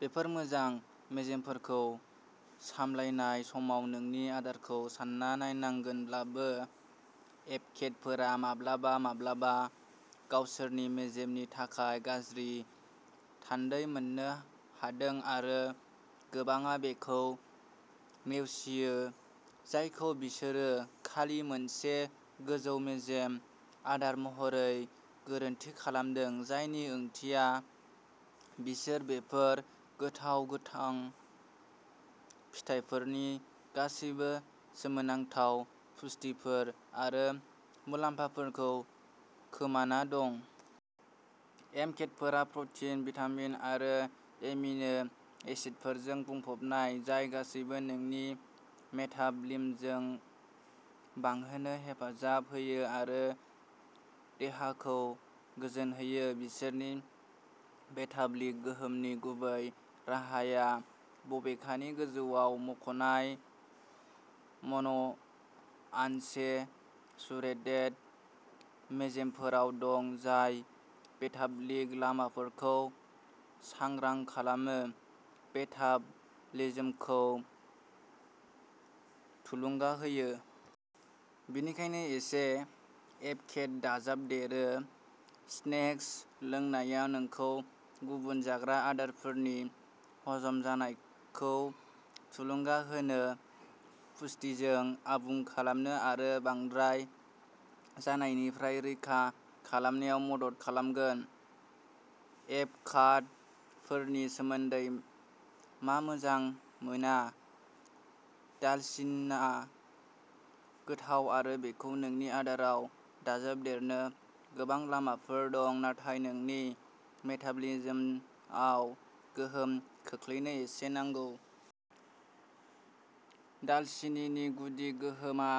बेफोर मोजां मेजेमफोरखौ सामलायनाय समाव नोंनि आदारखौ सानना नायनांगोनब्लाबो, एभ'केड'फोरा माब्लाबा माब्लाबा गावसोरनि मेजेमनि थाखाय गाज्रि थान्दै मोननो हादों आरो गोबांआ बेखौ नेवसियो जायखौ बिसोरो खालि मोनसे गोजौ मेजेम आदार महरै गोरोन्थि खालामदों, जायनि ओंथिया बिसोर बेफोर गोथाव गोथां फिथाइफोरनि गासैबो सोमोनांथाव पुष्टिफोर आरो मुलाम्फाफोरखौ खोमाना दं। एभ'केड'फोरा प्र'टिन, भिटामिन आरो एमिनो एसिडफोरजों बुंफबनाय, जाय गासैबो नोंनि मेटाबलिज्मखौ बांहोनो हेफाजाब होयो आरो देहाखौ गोजोनहोयो। बिसोरनि मेटाबलिक गोहोमनि गुबै राहाया बबेखानि गोजौआव मख'नाय मन'आनसेचुरेटेड मेजेमफोराव दं जाय मेटाबलिक लामाफोरखौ सांग्रां खालामो, मेटाबलिज्मखौ थुलुंगा होयो। बेनिखायनो, एसे एभ'केड' दाजाबदेरो। स्नेक्स लोंनाया नोंखौ गुबुन जाग्रा आदारफोरनि हजम जानायखौ थुलुंगा होनो, पुष्टिजों आबुं खालामनो आरो बांद्राय जानायनिफ्राय रैखा खालामनायाव मदद खालामगोन। एभकाड'फोरनि सोमोन्दै मा मोजां मोना? दालसिनिआ गोथाव आरो बेखौ नोंनि आदाराव दाजाबदेरनो गोबां लामाफोर दं, नाथाय नोंनि मेटाबलिज्मआव गोहोम खोख्लैनो एसे नांगौ। दालसिनिनि गुदि गोहोमा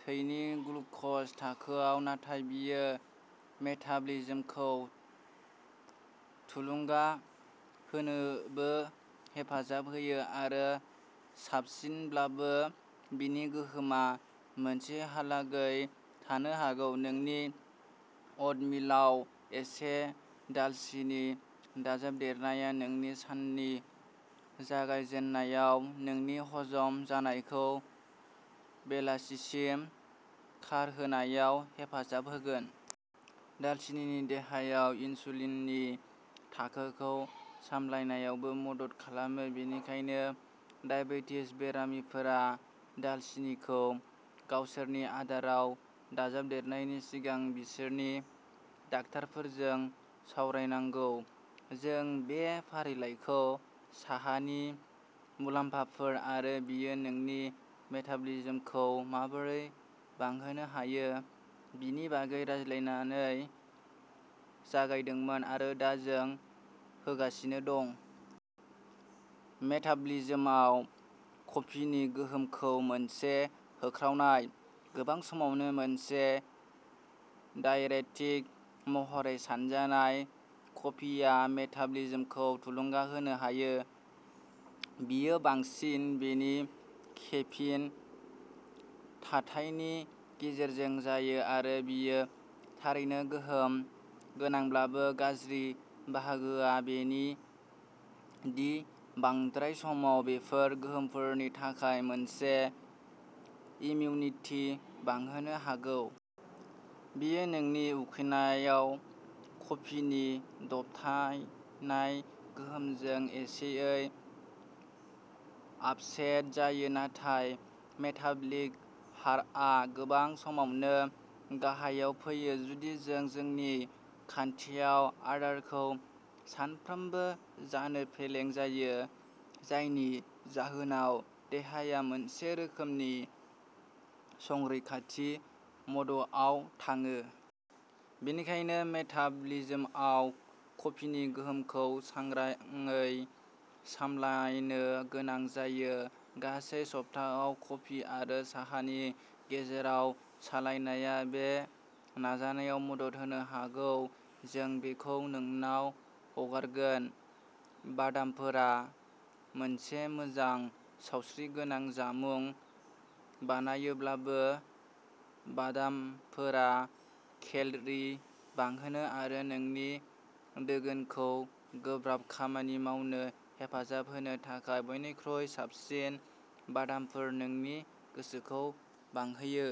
थैनि ग्लुकज थाखोआव, नाथाय बेयो मेटाबलिज्मखौ थुलुंगा होनोबो हेफाजाब होयो आरो साबसिनब्लाबो, बेनि गोहोमा सानसेहालागै थानो हागौ। नोंनि अ'टमिलाव एसे दालसिनि दाजाबदेरनाया, नोंनि साननि जागायजेन्नायाव, नोंनि हजम जानायखौ बेलासिसिम खारहोनायाव हेफाजाब होगोन। दालसिनिआ देहायाव इनसुलिननि थाखोखौ सामलायनायावबो मदद खालामो, बेनिखायनो डायबेटिस बेरामिफोरा दालसिनिखौ गावसोरनि आदाराव दाजाबदेरनायनि सिगां बिसोरनि डाक्टारफोरजों सावरायनांगौ। जों बे फारिलाइखौ साहानि मुलाम्फाफोर आरो बेयो नोंनि मेटाबलिज्मखौ माबोरै बांहोनो हायो बेनि बागै रायज्लायनानै जागायदोंमोन, आरो दा जों होगासिनो दं। मेटाबलिज्मआव कफिनि गोहोमखौ मोनसे होख्रावनाय। गोबां समावनो मोनसे डाइउरेटिक महरै सानजानाय, कफिआ मेटाबलिज्मखौ थुलुंगा होनो हायो। बेयो बांसिनै बेनि केफिन थाथायनि गेजेरजों जायो, आरो बेयो थारैनो गोहोम गोनांब्लाबो गाज्रि बाहागोआ बेनो दि बांद्राय समाव बेफोर गोहोमफोरनि थाखाय मोनसे इमिउनिटि बांहोनो हागौ। बेयो नोंनि उखैनायाव कफिनि दबथायनाय गोहोमजों एसेयै आफसेट जायो, नाथाय मेटाबलिक हारआ गोबां समावनो गाहायाव फैयो जुदि जों जोंनि खान्थियाव आदारखौ सानफ्रोमबो जानो फेलें जायो जायनि जाहोनाव देहाया मोनसे रोखोमनि संरैखाथि म'डआव थाङो। बेनिखायनो मेटाबलिज्मआव कफिनि गोहोमखौ सांग्रांयै सामलायनो गोनां जायो। गासै सप्ताआव कफि आरो साहानि गेजेराव सोलायनाया बे नाजानायाव मदद होनो हागौ जों बेखौ नोंनाव हगारगोन। बादामफोरा मोनसे मोजां, सावस्रिगोनां जामुं बानायोब्लाबो, बादामफोरा केल'रि बांहोनो आरो नोंनि दोगोनखौ गोब्राब खामानि मावनो हेफाजाब होनो थाखाय बयनिख्रुइ साबसिन बादामफोर, नोंनि गोसोखौ बांहोयो।